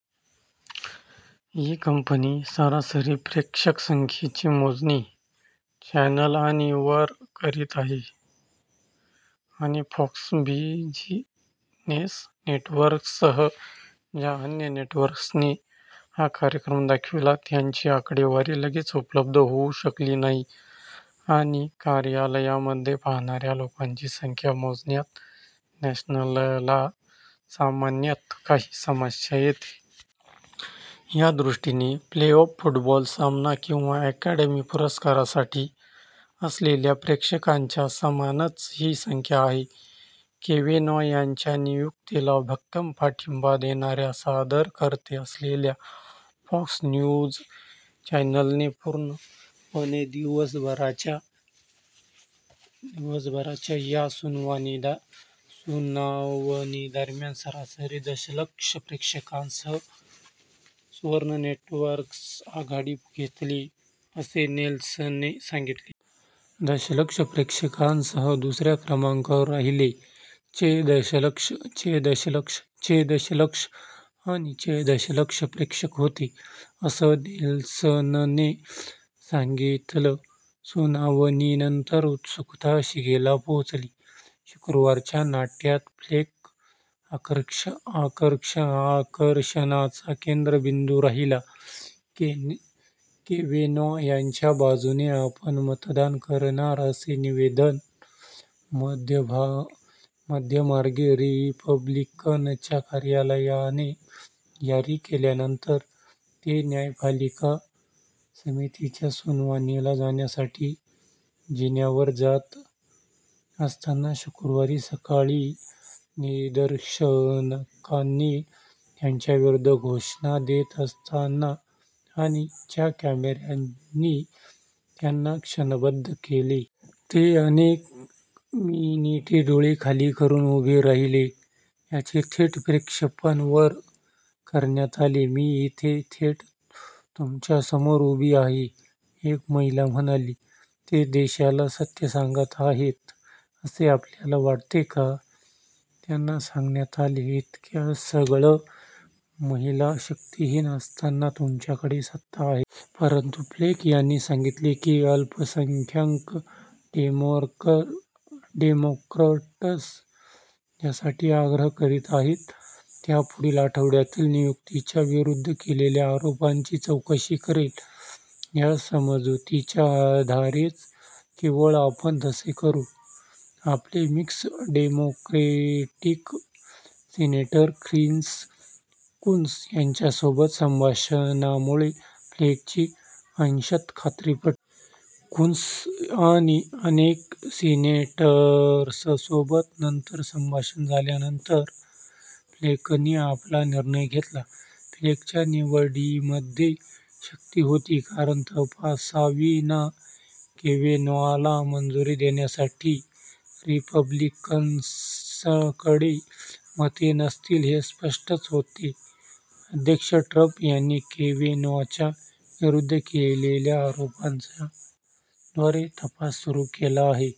ही company सरासरी प्रेक्षक संख्येची मोजणी, चॅनल आणि वर करीत आहे., आणि फॉक्स बिझिनेस नेटवर्कसह ज्या अन्य नेटवर्क्सने हा कार्यक्रम दाखविला त्यांची आकडेवारी लगेच उपलब्ध होऊ शकली नाही. आणि कार्यालयांमध्ये पाहणाऱ्या लोकांची संख्या मोजण्यात नेल्सनला सामान्यतः काही समस्या येते. या दृष्टिने, प्लेऑफ फूटबॉल सामना किंवा अकॅडमी पुरस्कारासाठी असलेल्या प्रेक्षकांच्या समानच ही संख्या आहे. केवेनॉ यांच्या नियुक्तीला भक्कम पाठिंबा देणाऱ्या सादरकर्ते असलेल्या, फॉक्स न्यूज चॅनलने, संपूर्ण दिवसभराच्या या सुनावणीदरम्यान सरासरी दशलक्ष प्रेक्षकांसह सर्व नेटवर्क्सवर आघाडी घेतली, असे नेल्सनने सांगितले. दशलक्ष प्रेक्षकांसह दुसऱ्या क्रमांकावर राहिले. चे दशलक्ष, चे दशलक्ष, चे दशलक्ष आणि चे दशलक्ष प्रेक्षक होते, असं नेल्सनने सांगितलं. सुनावणीनंतर उत्सुकता शिगेला पोहोचली. शुक्रवारच्या नाट्यात फ्लेक आकर्षणाचा केंद्रबिंदू राहिला. केवेनॉ यांच्या बाजूने आपण मतदान करणार असे निवेदन मध्यमार्गी रिपब्लिकनच्या कार्यालयाने जारी केल्यानंतर, ते न्यायपालिका समितीच्या सुनावणीला जाण्यासाठी जिन्यावर जात असताना शुक्रवारी सकाळी निदर्शकांनी त्यांच्याविरुद्ध घोषणा देत असताना आणि च्या कॅमेऱ्यांनी त्यांना क्षणबद्ध केले. ते अनेक मिनिटे डोळे खाली करुन उभे राहिले, याचे थेट प्रक्षेपण वर करण्यात आले. "मी इथे थेट तुमच्यासमोर उभी आहे," एक महिला म्हणाली. "ते देशाला सत्य सांगत आहेत असे आपल्याला वाटते का? त्यांना सांगण्यात आले, "इतक्या सगळ्या महिला शक्तिहीन असताना तुमच्याकडे सत्ता आहे. परंतु फ्लेक यांनी सांगितले की अल्पसंख्याक डेमोक्रॅट्स ज्यासाठी आग्रह करीत आहेत, त्या पुढील आठवड्यातील नियुक्तच्या विरुद्ध केलेल्या आरोपांची चौकशी करेल या समजुतीच्या आधारेच केवळ आपण तसे करु. आपले मिक्ष, डेमोक्रेटिक सिनेटर ख्रिस कून्स यांच्यासोबत संभाषणांमुळे फ्लेकची अंशतः खात्री पटली. कून्स आणि अनेक सिनेटर्ससोबत नंतर संभाषण झाल्यानंतर, फ्लेकनी आपला निर्णय घेतला. फ्लेकच्या निवडीमध्ये शक्ति होती, कारण तपासाविना केवेनॉला मंजुरी देण्यासाठी रिपब्लिकन्सकडे मते नसतील हे स्पष्टच होते. अध्यक्ष ट्रम्प यांनी केवेनॉच्या विरुद्ध केलेल्या आरोपांचा द्वारे तपास सुरु केला आहे.